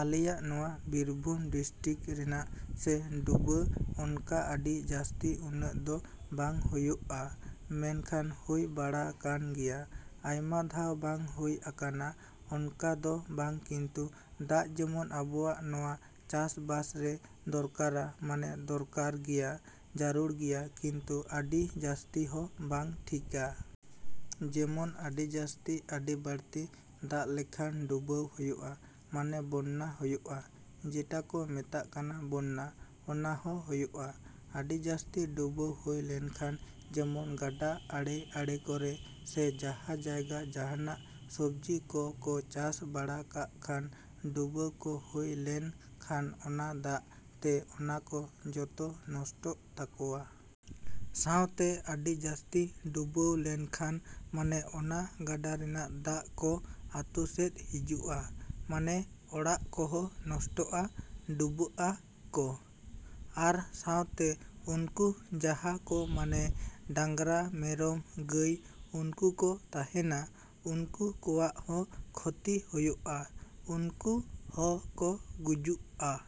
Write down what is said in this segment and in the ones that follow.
ᱟᱞᱮᱭᱟᱜ ᱱᱚᱶᱟ ᱵᱤᱨᱵᱷᱩᱢ ᱰᱤᱥᱴᱤᱠ ᱨᱮᱫᱟᱜ ᱥᱮ ᱰᱩᱵᱟᱹ ᱚᱱᱠᱟ ᱟᱰᱤ ᱡᱟᱥᱛᱤ ᱩᱱᱟᱹᱜ ᱫᱚ ᱵᱟᱝ ᱦᱳᱭᱳᱜᱼᱟ ᱢᱮᱱᱠᱷᱟᱱ ᱦᱳᱭ ᱵᱟᱲᱟᱣ ᱠᱟᱱ ᱜᱮᱭᱟ᱾ ᱟᱭᱢᱟ ᱫᱷᱟᱣ ᱵᱟᱝ ᱦᱳᱭ ᱟᱠᱟᱱᱟ ᱚᱱᱠᱟ ᱫᱚ ᱵᱟᱝ ᱠᱤᱱᱛᱩ ᱫᱟᱜ ᱡᱮᱢᱚᱱ ᱟᱵᱚᱣᱟᱜ ᱱᱚᱶᱟ ᱪᱟᱥ ᱵᱟᱥ ᱨᱮ ᱫᱚᱨᱠᱟᱨᱟ ᱢᱟᱱᱮ ᱫᱚᱨᱠᱟᱨ ᱜᱮᱭᱟ, ᱡᱟᱨᱩᱲ ᱜᱮᱭᱟ ᱠᱤᱱᱛᱩ ᱟᱰᱤ ᱡᱟᱥᱛᱤ ᱦᱚᱸ ᱵᱟᱝ ᱴᱷᱤᱠᱟ᱾ ᱡᱮᱢᱚᱱ ᱟᱰᱤ ᱡᱟᱥᱛᱤ ᱟᱰᱤ ᱵᱟᱲᱛᱤ ᱫᱟᱜ ᱞᱮᱠᱷᱟᱱ ᱰᱩᱵᱟᱹᱣ ᱦᱳᱭᱳᱜᱼᱟ, ᱢᱟᱱᱮ ᱵᱚᱱᱱᱟ ᱦᱳᱭᱳᱜᱼᱟ, ᱡᱮᱴᱟ ᱠᱚ ᱢᱮᱛᱟᱜ ᱠᱟᱱ ᱵᱚᱱᱱᱟ ᱚᱱᱟ ᱦᱚᱸ ᱦᱳᱭᱳᱜᱼᱟ᱾ ᱟᱰᱤ ᱡᱟᱥᱛᱤ ᱰᱩᱵᱟᱹᱣ ᱦᱳᱭ ᱞᱮᱱᱠᱷᱟᱱ ᱡᱮᱢᱚᱱ ᱜᱟᱰᱟ ᱟᱲᱮ ᱟᱲᱮ ᱠᱚᱨᱮ ᱥᱮ ᱡᱟᱦᱟᱸ ᱡᱟᱭᱜᱟ ᱡᱟᱦᱟᱱᱟᱜ ᱥᱚᱵᱽᱡᱤ ᱠᱚ ᱠᱚ ᱪᱟᱥ ᱵᱟᱥ ᱠᱟᱜ ᱠᱷᱟᱱ ᱰᱩᱵᱟᱹᱣ ᱠᱚ ᱦᱳᱭ ᱞᱮᱱ ᱠᱷᱟᱱ ᱚᱱᱟ ᱫᱟᱜ ᱛᱮ ᱚᱱᱟ ᱠᱚ ᱡᱚᱛᱚ ᱱᱚᱥᱴᱚᱜ ᱛᱟᱠᱚᱣᱟ᱾ ᱥᱟᱶᱛᱮ ᱟᱰᱤ ᱡᱟᱥᱛᱤ ᱰᱩᱵᱟᱹᱣ ᱞᱮᱠᱷᱟᱱ ᱢᱟᱱᱮ ᱚᱱᱟ ᱜᱟᱰᱟ ᱨᱮᱱᱟᱜ ᱫᱟᱜ ᱠᱚ ᱟᱛᱳ ᱥᱮᱫ ᱦᱤᱡᱩᱜᱼᱟ ᱢᱟᱱᱮ ᱚᱲᱟᱜ ᱠᱚᱦᱚᱸ ᱱᱚᱥᱴᱚᱜᱼᱟ, ᱰᱩᱵᱟᱹᱜᱼᱟ ᱠᱚ᱾ ᱟᱨ ᱥᱟᱶᱛᱮ ᱩᱱᱠᱩ ᱡᱟᱦᱟᱸ ᱠᱚ ᱢᱟᱱᱮ ᱰᱟᱝᱨᱟ ᱢᱮᱨᱚᱢ ᱜᱟᱹᱭ ᱩᱱᱠᱩ ᱠᱚ ᱛᱟᱦᱮᱱᱟ ᱩᱱᱠᱩ ᱠᱚᱣᱟᱜ ᱦᱚᱸ ᱠᱷᱚᱛᱤ ᱦᱳᱭᱳᱜᱼᱟ, ᱩᱱᱠᱩ ᱦᱚᱸ ᱠᱚ ᱜᱩᱡᱩᱜᱼᱟ᱾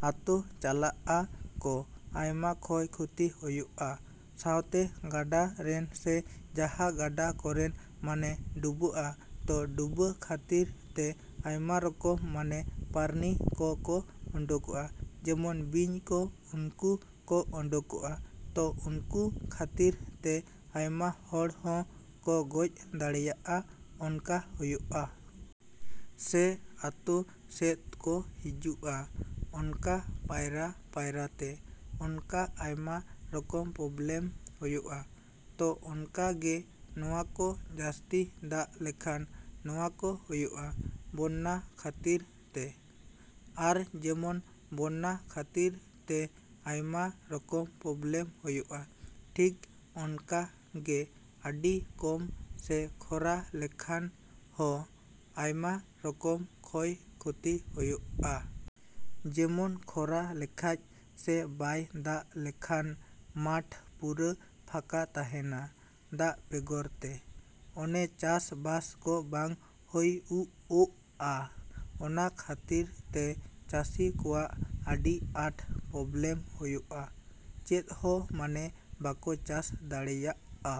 ᱟᱛᱳ ᱪᱟᱞᱟᱜᱼᱟ ᱠᱚ, ᱟᱭᱢᱟ ᱠᱷᱚᱭ ᱠᱷᱚᱛᱤ ᱦᱳᱭᱳᱜᱼᱟ᱾ ᱥᱟᱶᱛᱮ ᱜᱟᱰᱟ ᱨᱮᱱ ᱥᱮ ᱡᱟᱦᱟᱸ ᱜᱟᱰᱟ ᱠᱚᱨᱮᱱ ᱢᱟᱱᱮ ᱰᱩᱵᱟᱹᱜᱼᱟ ᱛᱚ ᱰᱩᱵᱟᱹ ᱠᱷᱟᱛᱤᱨ ᱛᱮ ᱟᱭᱢᱟ ᱨᱚᱠᱚᱢ ᱢᱟᱱᱮ ᱯᱨᱟᱱᱤ ᱠᱚ ᱠᱚ ᱳᱰᱳᱝᱚᱜᱼᱟ ᱡᱮᱢᱚᱱ ᱵᱤᱧ ᱠᱚ ᱩᱱᱠᱩ ᱠᱚ ᱳᱰᱳᱝᱚᱜᱼᱟ ᱛᱚ ᱩᱱᱠᱩ ᱠᱷᱟᱛᱤᱨ ᱛᱮ ᱟᱭᱢᱟ ᱦᱚᱲ ᱦᱚᱸ ᱠᱚ ᱜᱚᱡᱽ ᱫᱟᱲᱮᱭᱟᱜᱼᱟ ᱚᱱᱠᱟ ᱦᱳᱭᱳᱜᱼᱟ᱾ ᱥᱮ ᱟᱛᱳ ᱥᱮᱫ ᱠᱚ ᱦᱤᱡᱩᱜᱼᱟ ᱚᱱᱠᱟ ᱯᱟᱭᱨᱟ ᱯᱟᱭᱨᱟ ᱛᱮ ᱚᱱᱠᱟ ᱟᱭᱢᱟ ᱨᱚᱠᱚᱢ ᱯᱨᱚᱵᱞᱮᱢ ᱦᱳᱭᱳᱜᱼᱟ᱾ ᱛᱚ ᱚᱱᱠᱟ ᱜᱮ ᱱᱚᱶᱟ ᱠᱚ ᱡᱟᱥᱛᱤ ᱫᱟᱜ ᱞᱮᱠᱷᱟᱱ ᱱᱚᱶᱟ ᱠᱚ ᱦᱳᱭᱳᱜᱼᱟ, ᱵᱚᱱᱱᱟ ᱠᱷᱟᱛᱤᱨ ᱛᱮ᱾ ᱟᱨ ᱡᱮᱢᱚᱱ ᱵᱚᱱᱱᱟ ᱠᱷᱟᱛᱤᱨ ᱛᱮ ᱟᱭᱢᱟ ᱨᱚᱠᱚᱢ ᱯᱨᱚᱵᱞᱮᱢ ᱦᱳᱭᱳᱜᱼᱟ ᱴᱷᱤᱠ ᱚᱱᱠᱟ ᱜᱮ ᱟᱰᱤ ᱠᱚᱢ ᱥᱮ ᱠᱷᱚᱨᱟ ᱞᱮᱠᱷᱟᱱ ᱦᱚᱸ ᱟᱭᱢᱟ ᱨᱚᱠᱚᱢ ᱠᱷᱚᱭ ᱠᱷᱚᱛᱤ ᱦᱳᱭᱳᱜᱼᱟ᱾ ᱡᱮᱢᱚᱱ ᱠᱷᱚᱨᱟ ᱞᱮᱠᱷᱟᱡ ᱥᱮ ᱵᱟᱭ ᱫᱟᱜ ᱞᱮᱠᱷᱟᱱ ᱢᱟᱴᱷ ᱯᱩᱨᱟᱹ ᱯᱷᱟᱸᱠᱟ ᱛᱟᱦᱮᱱᱟ ᱫᱟᱜ ᱵᱮᱜᱚᱨ ᱛᱮ᱾ ᱚᱱᱮ ᱪᱟᱥ ᱵᱟᱥ ᱠᱚ ᱵᱟᱝ ᱦᱳᱭᱩᱳᱜᱼᱟ, ᱚᱱᱟ ᱠᱷᱟᱛᱤᱨ ᱛᱮ ᱪᱟᱥᱤ ᱠᱚᱣᱟᱜ ᱟᱰᱤ ᱟᱸᱴ ᱯᱨᱚᱵᱞᱮᱢ ᱦᱳᱭᱳᱜᱼᱟ, ᱪᱮᱫ ᱦᱚᱸ ᱢᱟᱱᱮ ᱵᱟᱠᱚ ᱪᱟᱥ ᱫᱟᱲᱮᱭᱟᱜᱼᱟ᱾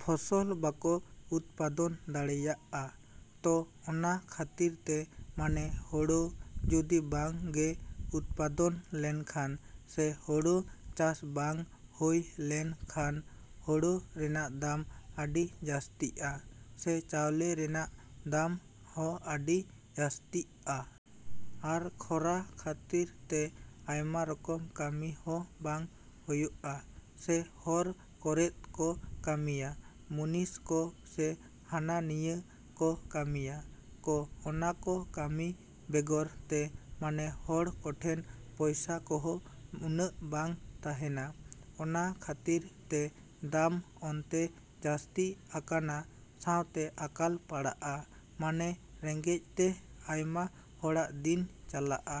ᱯᱷᱚᱥᱚᱞ ᱵᱟᱠᱚ ᱩᱛᱯᱟᱫᱚᱱ ᱫᱟᱲᱮᱭᱟᱜᱼᱟ, ᱛᱚ ᱚᱱᱟ ᱠᱷᱟᱛᱤᱨ ᱛᱮ ᱢᱟᱱᱮ ᱦᱳᱲᱳ ᱡᱩᱫᱤ ᱵᱟᱝ ᱜᱮ ᱩᱛᱯᱟᱫᱚᱱ ᱞᱮᱱᱠᱷᱟᱱ ᱥᱮ ᱦᱳᱲᱳ ᱪᱟᱥ ᱵᱟᱝ ᱦᱳᱭ ᱞᱮᱱ ᱠᱷᱟᱱ ᱦᱳᱲᱳ ᱨᱮᱱᱟᱜ ᱫᱟᱢ ᱟᱰᱤ ᱡᱟᱥᱛᱤᱜᱼᱟ ᱥᱮ ᱪᱟᱣᱞᱮ ᱨᱮᱱᱟᱜ ᱫᱟᱢ ᱦᱚᱸ ᱟᱰᱤ ᱡᱟᱥᱛᱤᱜᱼᱟ᱾ ᱟᱨ ᱠᱷᱚᱨᱟ ᱠᱷᱟᱛᱤᱨ ᱛᱮ ᱟᱭᱢᱟ ᱨᱚᱠᱚᱢ ᱠᱟᱢᱤ ᱦᱚᱸ ᱵᱟᱝ ᱦᱳᱭᱳᱜᱼᱟ᱾ ᱥᱮ ᱦᱚᱨ ᱠᱚᱨᱮᱫ ᱠᱚ ᱠᱟᱢᱤᱭᱟ ᱢᱩᱱᱤᱥ ᱠᱚ ᱥᱮ ᱦᱟᱱᱟ ᱱᱤᱭᱟᱹ ᱠᱚ ᱠᱟᱢᱤᱭᱟ ᱠᱚ ᱚᱱᱟ ᱠᱚ ᱠᱟᱢᱤ ᱵᱮᱜᱚᱨ ᱛᱮ ᱢᱟᱱᱮ ᱦᱚᱲ ᱠᱚᱴᱷᱮᱱ ᱯᱚᱭᱥᱟ ᱠᱚᱦᱚᱸ ᱩᱱᱟᱹᱜ ᱵᱟᱝ ᱛᱟᱦᱮᱱᱟ, ᱚᱱᱟ ᱠᱷᱟᱛᱤᱨ ᱛᱮ ᱫᱟᱢ ᱚᱱᱛᱮ ᱡᱟᱥᱛᱤ ᱟᱠᱟᱱᱟ ᱥᱟᱶᱛᱮ ᱟᱠᱟᱞ ᱯᱟᱲᱟᱜᱼᱟ ᱢᱟᱱᱮ ᱨᱮᱸᱜᱮᱡ ᱛᱮ ᱟᱭᱢᱟ ᱦᱚᱲᱟᱜ ᱫᱤᱱ ᱪᱟᱞᱟᱜᱼᱟ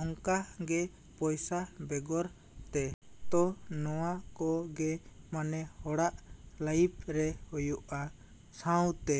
ᱚᱝᱠᱟ ᱜᱮ ᱯᱚᱭᱥᱟ ᱵᱮᱜᱚᱨ ᱛᱮ᱾ ᱛᱚ ᱱᱚᱶᱟ ᱠᱚ ᱜᱮ ᱢᱟᱱᱮ ᱦᱚᱲᱟᱜ ᱞᱟᱭᱤᱯᱷ ᱨᱮ ᱦᱳᱭᱳᱜᱼᱟ ᱥᱟᱶᱛᱮᱼᱼ